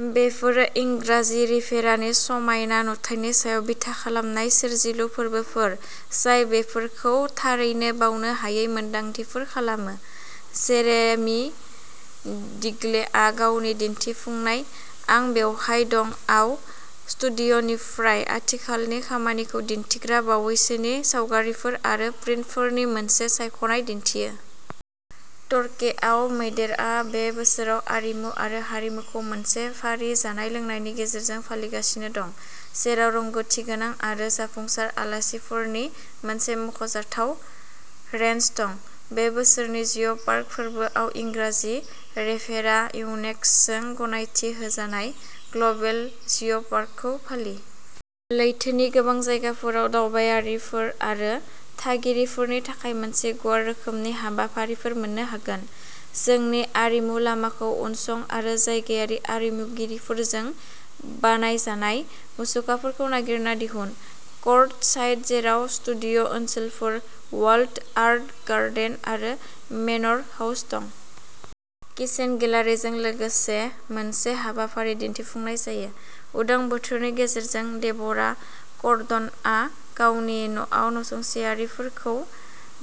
बेफोरो इंराजि रिभेरानि समायना नुथायनि सायाव बिथा खालामनाय सोरजिलु फोरबोफोर, जाय बेफोरखौ थारैनो बावनो हायै मोनदांथिफोर खालामो। जेरेमि डिग्लेआ गावनि दिन्थिफुंनाय, "आं बेवहाय दं" आव स्टुडिय'निफ्राय आथिखालनि खामानिखौ दिन्थिग्रा बावैसोनि सावगारिफोर आरो प्रिन्टफोरनि मोनसे सायख'नाय दिन्थियो। टरकेआव मैदेरआ बे बोसोराव आरिमु आरो हारिमुखौ मोनसे फारि जानाय-लोंनायनि गेजेरजों फालिगासिनो दं, जेराव रोंग'थिगोनां आरो जाफुंसार आलासिफोरनि मोनसे सायख'जाथाव रेन्ज दं। बे बोसोरनि जिय'पार्क फोरबोआव इंराजि रिभेरा इउनेस्क'जों गनायथि होजानाय ग्ल'बेल जिय'पार्कखौ फालि। लैथोनि गोबां जायगाफोराव दावबायारिफोर आरो थागिरिफोरनि थाखाय मोनसे गुवार रोखोमनि हाबाफारिफोर मोन्नो हागोन। जोंनि आरिमु लामाखौ उनसं आरो जायगायारि आरिमुगिरिफोरजों बानायजानाय मुसुखाफोरखौ नागिरना दिहुन। कर्ट साइट, जेराव स्टुडिय'ओनसोलफोर, वाल्ड आर्ट गार्डेन आरो मेन'र हाउस दं। किचेन गेलारिजों लोगोसे मोनसे हेफाजाबारि दिन्थिफुंनाय जायो। उदां बोथोरनि गेजेरजों, डेब'रा क'र्डनआ गावनि न'आव नसुंसेयारिफोरखौ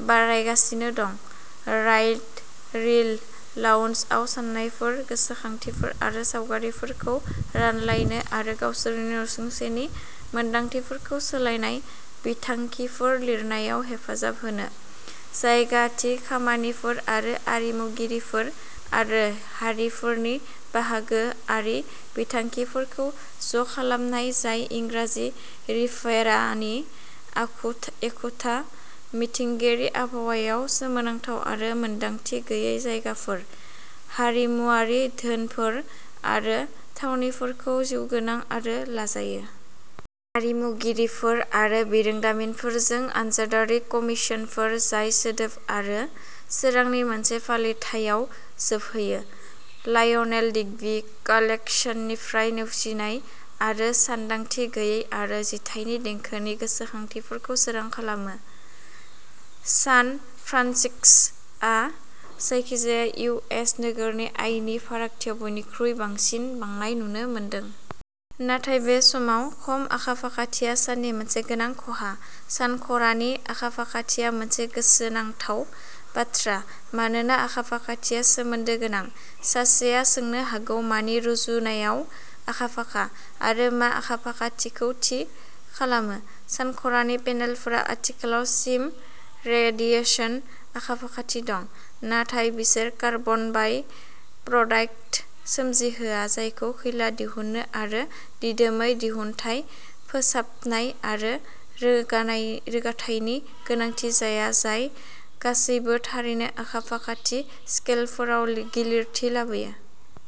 बरायगासिनो दं-राइट रीड लाउन्जआव-साननायफोर, गोसोखांथिफोर आरो सावगारिफोरखौ रानलायनो, आरो गावसोरनि नसुंसेनि मोनदांथिफोरखौ सोलायनाय बिथांखिफोर लिरनायाव हेफाजाब होनो। जायगा-थि खामानिफोर आरो आरिमुगिरिफोर आरो हारिफोरनि बाहागोआरि बिथांखिफोरखौ ज'खालामनाय जाय इंराजि रिभेरानि एखुथा मिथिंगायारि आबहावायाव सोमोनांथाव आरो सानदांथि गैयै जायगाफोर, हारिमुआरि धोनफोर आरो थावनिफोरखौ जिउगोनां आरो लाजायो। आरिमुगिरिफोर आरो बिरोंदामिनफोरजों आनजादारि कमिसनफोर, जाय सोदोब आरो सोरांनि मोनसे फालिथायाव जोबहैयो, लायनेल डिग्बी कालेक्सननिफ्राय नेवसिनाय आरो सानदांथि गैयै आरो जिथाइनि देंखोनि गोसोखांथिफोरखौ सोरां खालामो। सान फ्रान्सिस्क'आ जायखिजाया इउ. एस. नोगोरनि आयनि फारागथियाव बयनिख्रुइ बांसिन बांनाय नुनो मोनदों। नाथाय बे समाव, खम आखा-फाखाथिया साननि मोनसे गोनां खहा। सानखरानि आखा-फाखाथिया मोनसे गोसोनांथाव बाथ्रा, मानोना आखा-फाखाथिया सोमोन्दो गोनां। सासेया सोंनो हागौ "मानि रुजुनायाव आखा-फाखा? " आरो "मा आखा-फाखाथिखौ थि खालामो? " सानखरानि पेनेलफोरा आथिखालाव सिम रेडिएसन आखा-फाखाथि दं, नाथाय बिसोर कार्बन बाइ-प्रडाक्ट सोमजिहोआ जायखौ खैला दिहुनो आरो दिदोमै दिहुनथाय, फोसाबनाय आरो रोगानाय रोगाथायनि गोनांथि जाया-जाय गासैबो थारैनो आखा-फाखाथि स्केलफोराव गिलिरथि लाबोयो।